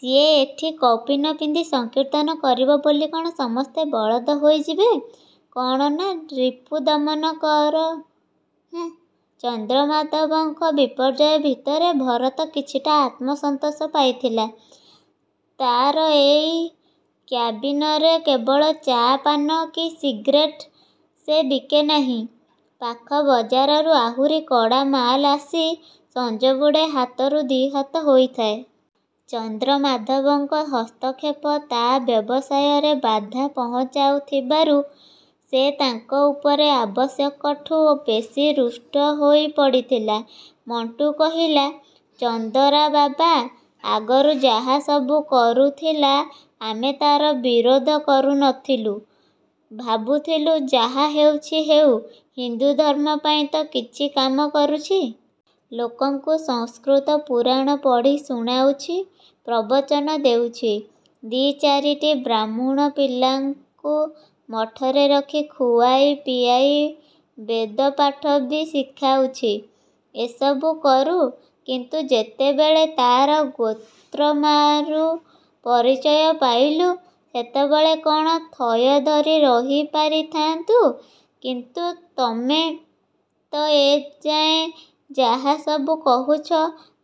"ସିଏ ଏଠି କୌପୀନ ପିନ୍ଧି ସଂକୀର୍ତ୍ତନ କରିବ ବୋଲି କ'ଣ ସମସ୍ତେ ବଳଦ ହୋଇଯିବେ? କ'ଣ ନା, ରିପୁଦମନ କର। ହୁଃ..." ଚନ୍ଦ୍ରମାଧବଙ୍କ ବିପର୍ଯ୍ୟୟ ଭିତରେ ଭରତ କିଛିଟା ଆତ୍ମସନ୍ତୋଷ ପାଇଥିଲା। ତା'ର ଏଇ କ୍ୟାବିନରେ କେବଳ ଚା', ପାନ କି ସିଗ୍ରେଟ୍ ସେ ବିକେ ନାହିଁ, ପାଖ ବଜାରରୁ ଆହୁରି କଡ଼ା ମାଲ୍ ଆସି ସଞ୍ଜବୁଡ଼େ ହାତରୁ ଦି' ହାତ ହୋଇଥାଏ। ଚନ୍ଦ୍ରମାଧବଙ୍କ ହସ୍ତକ୍ଷେପ ତା' ବ୍ୟବସାୟରେ ବାଧା ପହଞ୍ଚାଉଥିବାରୁ ସେ ତାଙ୍କ ଉପରେ ଆବଶ୍ୟକଠୁ ବେଶି ରୁଷ୍ଟ ହୋଇ ପଡ଼ିଥିଲା। ମଣ୍ଟୁ କହିଲା, "ଚନ୍ଦରା ବାବା ଆଗରୁ ଯାହା ସବୁ କରୁଥିଲା ଆମେ ତା'ର ବିରୋଧ କରୁନଥିଲୁ। ଭାବୁଥିଲୁ, ଯାହା ହେଉଛି ହେଉ, ହିନ୍ଦୁ ଧର୍ମ ପାଇଁ ତ କିଛି କାମ କରୁଛି! ଲୋକଙ୍କୁ ସଂସ୍କୃତ ପୁରାଣ ପଢ଼ି ଶୁଣାଉଛି, ପ୍ରବଚନ ଦେଉଛି। ଦି' ଚାରିଟି ବ୍ରାହ୍ମୁଣ ପିଲାଙ୍କୁ ମଠରେ ରଖି ଖୁଆଇ ପିଆଇ ବେଦପାଠ ବି ଶିଖାଉଛି, ଏସବୁ କରୁ। କିନ୍ତୁ ଯେତେବେଳେ ତା'ର ଗୋତ୍ରମାରୁ ପରିଚୟ ପାଇଲୁ, ସେତେବେଳେ କ'ଣ ଥୟ ଧରି ରହି ପାରିଥାଆନ୍ତୁ!" "କିନ୍ତୁ ତମେ ତ ଏଯାଏଁ ଯାହା ସବୁ କହୁଛ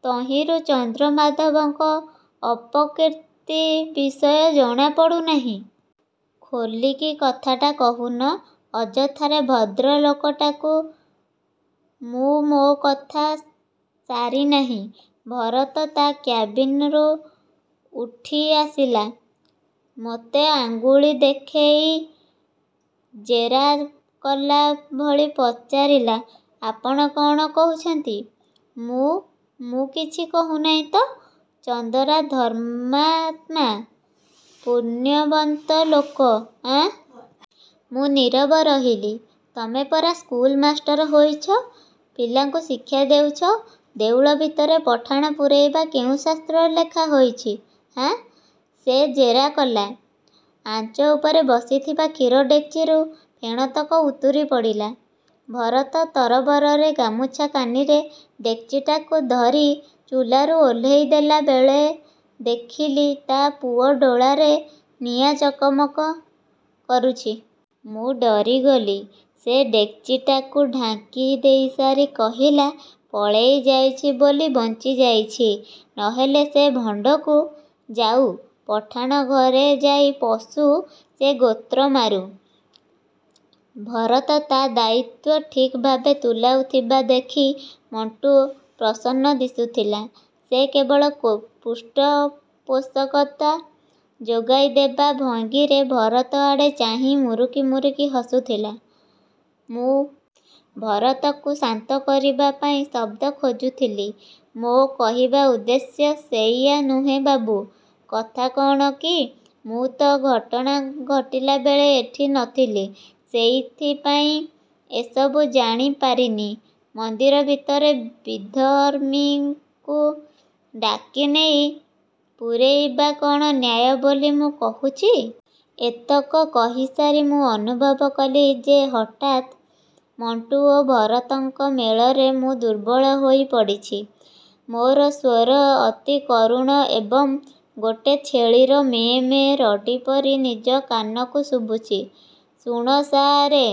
ତହିଁରୁ ଚନ୍ଦ୍ରମାଧବଙ୍କ ଅପକୀର୍ତ୍ତି ବିଷୟ ଜଣା ପଡ଼ୁନାହିଁ। ଖୋଲିକି କଥାଟା କହୁନ, ଅଯଥାରେ ଭଦ୍ରଲୋକଟାକୁ" ମୁଁ ମୋ କଥା ସାରିନାହିଁ, ଭରତ ତା' କ୍ୟାବିନ୍‌ରୁ ଉଠି ଆସିଲା। ମୋତେ ଆଙ୍ଗୁଳି ଦେଖେଇ ଜେରା କଲା ଭଳି ପଚାରିଲା, "ଆପଣ କ'ଣ କହୁଛନ୍ତି?" "ମୁଁ... ମୁଁ କିଛି କହୁନାହିଁ ତ...""ଚନ୍ଦରା ଧର୍ମାତ୍ମା? ପୁଣ୍ୟବନ୍ତ ଲୋକ? ଆଁ!" ମୁଁ ନୀରବ ରହିଲି.। "ତମେ ପରା ସ୍କୁଲ ମାଷ୍ଟର ହୋଇଛ? ପିଲାଙ୍କୁ ଶିକ୍ଷା ଦେଉଛ! ଦେଉଳ ଭିତରେ ପଠାଣ ପୂରେଇବା କେଉଁ ଶାସ୍ତ୍ରରେ ଲେଖା ହୋଇଛି, ଆଁ?" ସେ ଜେରା କଲା। ଆଞ୍ଚ ଉପରେ ବସିଥିବା କ୍ଷୀର ଡେକ୍‌ଚିରୁ ଫେଣତକ ଉତୁରି ପଡ଼ିଲା। ଭରତ ତରତରରେ ଗାମୁଛା କାନିରେ ଡେକ୍‌ଚିଟାକୁ ଧରି ଚୁଲାରୁ ଓହ୍ଲେଇ ଦେଲା ବେଳେ ଦେଖିଲି ତା' ପୁଅଡୋଳାରେ ନିଆଁ ଚକମକ କରୁଛି। ମୁଁ ଡରିଗଲି। ସେ ଡେକ୍‌ଚିଟାକୁ ଢାଙ୍କି ଦେଇସାରି କହିଲା, "ପଳେଇ ଯାଇଛି ବୋଲି ବଞ୍ଚିଯାଇଛି। ନହେଲେ ସେ ଭଣ୍ଡକୁ... ଯାଉ, ପଠାଣଙ୍କ ଘରେ ଯାଇ ପଶୁ ସେ ଗୋତ୍ରମାରୁ। "ଭରତ ତା' ଦାୟିତ୍ୱ ଠିକ୍ ଭାବେ ତୁଲାଉଥିବା ଦେଖି ମଣ୍ଟୁ ପ୍ରସନ୍ନ ଦିଶୁଥିଲା। ସେ କେବଳ ପୁ ପୁଷ୍ଠପୋଷକତା ଯୋଗାଇ ଦେବା ଭଙ୍ଗୀରେ ଭରତ ଆଡ଼େ ଚାହିଁ ମୁରୁକି ମୁରୁକି ହସୁଥିଲା। ମୁଁ ଭରତକୁ ଶାନ୍ତ କରିବା ପାଇଁ ଶବ୍ଦ ଖୋଜୁଥିଲି। "ମୋ କହିବା ଉଦ୍ଦେଶ୍ୟ ସେଇଆ ନୁହେଁ ବାବୁ, କଥା କ'ଣ କି ମୁଁ ତ ଘଟଣା ଘଟିଲା ବେଳେ ଏଠି ନଥିଲି, ସେଇଥିପାଇଁ ଏସବୁ ଜାଣି ପାରିନି। ମନ୍ଦିର ଭିତରେ ବିଧର୍ମୀଙ୍କୁ ଡାକି ନେଇ ପୂରେଇବା କ'ଣ ନ୍ୟାୟ ବୋଲି ମୁଁ କହୁଛି?" ଏତକ କହିସାରି ମୁଁ ଅନୁଭବ କଲି ଯେ ହଠାତ୍ ମଣ୍ଟୁ ଓ ଭରତଙ୍କ ମେଳରେ ମୁଁ ଦୁର୍ବଳ ହୋଇ ପଡ଼ିଛି। ମୋର ସ୍ୱର ଅତି କରୁଣ ଏବଂ ଗୋଟେ ଛେଳିର ମେଁ ମେଁ ରଡ଼ି ପରି ନିଜ କାନକୁ ଶୁଭୁଛି। "ଶୁଣ ସାଆରେ,"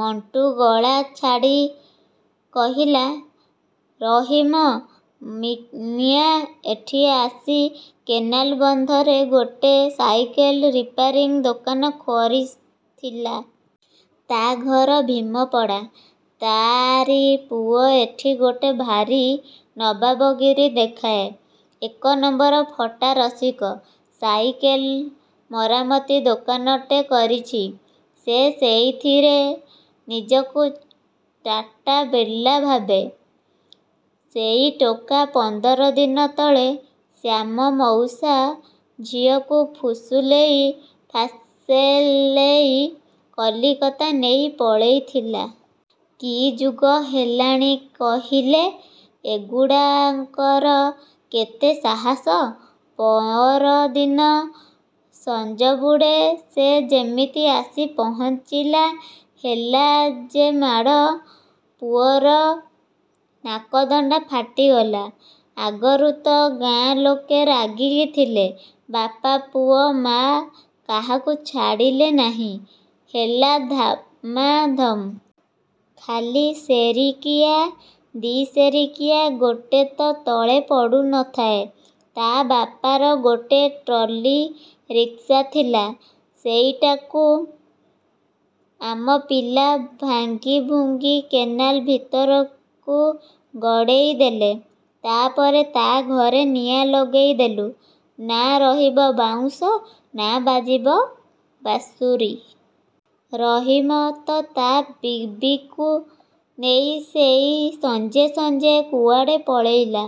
ମଣ୍ଟୁ ଗଳା ଝାଡ଼ି କହିଲା, "ରହିମ ମି ମିଆଁ ଏଠି ଆସି କେନାଲ ବନ୍ଧରେ ଗୋଟେ ସାଇକେଲ୍ ରିପେୟାରିଂ ଦୋକାନ କରିଥିଲା। ତା' ଘର ଭୀମପଡ଼ା। ତା'ଆରି ପୁଅ ଏଠି ଗୋଟେ ଭାରି ନବାବଗିରି ଦେଖାଏ। ଏକ ନମ୍ବର ଫଟା ରସିକ। ସାଇକେଲ୍ ମରାମତି ଦୋକାନଟେ କରିଛି ଯେ ସେଇଥିରେ ନିଜକୁ ଟାଟା ବିର୍ଲା ଭାବେ। ସେଇ ଟୋକା ପନ୍ଦର ଦିନ ତଳେ ଶ୍ୟାମ ମଉସା ଝିଅକୁ ଫୁସୁଲେଇ ଫାସେଲେଇ କଲିକତା ନେଇ ପଳେଇଥିଲା। କି ଯୁଗ ହେଲାଣି କହିଲେ? ଏଗୁଡ଼ାକଙ୍କର କେତେ ସାହାସ! ପଅରଦିନ ସଞ୍ଜବୁଡ଼େ ସେ ଯେମିତି ଆସି ପହଞ୍ଚିଲା, ହେଲା ଯେ ମାଡ଼, ପୁଅର ନାକଦଣ୍ଡା ଫାଟିଗଲା। ଆଗରୁ ତ ଗାଁ ଲୋକେ ରାଗିକି ଥିଲେ, ବାପା ପୁଅ ମା', କାହାକୁ ଛାଡ଼ିଲେ ନାହିଁ। ହେଲା ଧାମାଧମ୍। ଖାଲି ସେରିକିଆ, ଦି' ସେରିକିଆ, ଗୋଟେ ତ ତଳେ ପଡ଼ୁନଥାଏ। ତା' ବାପାର ଗୋଟେ ଟ୍ରଲି ରିକ୍ସା ଥିଲା, ସେଇଟାକୁ ଆମ ପିଲା ଭାଙ୍ଗିଭୁଙ୍ଗି କେନାଲ ଭିତରକୁ ଗଡ଼େଇ ଦେଲେ। ତା'ପରେ ତା' ଘରେ ନିଆଁ ଲଗେଇ ଦେଲୁ। ନା ରହିବ ବାଉଁଶ, ନା ବାଜିବ ବାଂଶୁରୀ! ରହିମ ତ ତା' ବିବିକୁ ନେଇ ସେଇ ସଞ୍ଜେ ସଞ୍ଜେ କୁଆଡ଼େ ପଳେଇଲା।"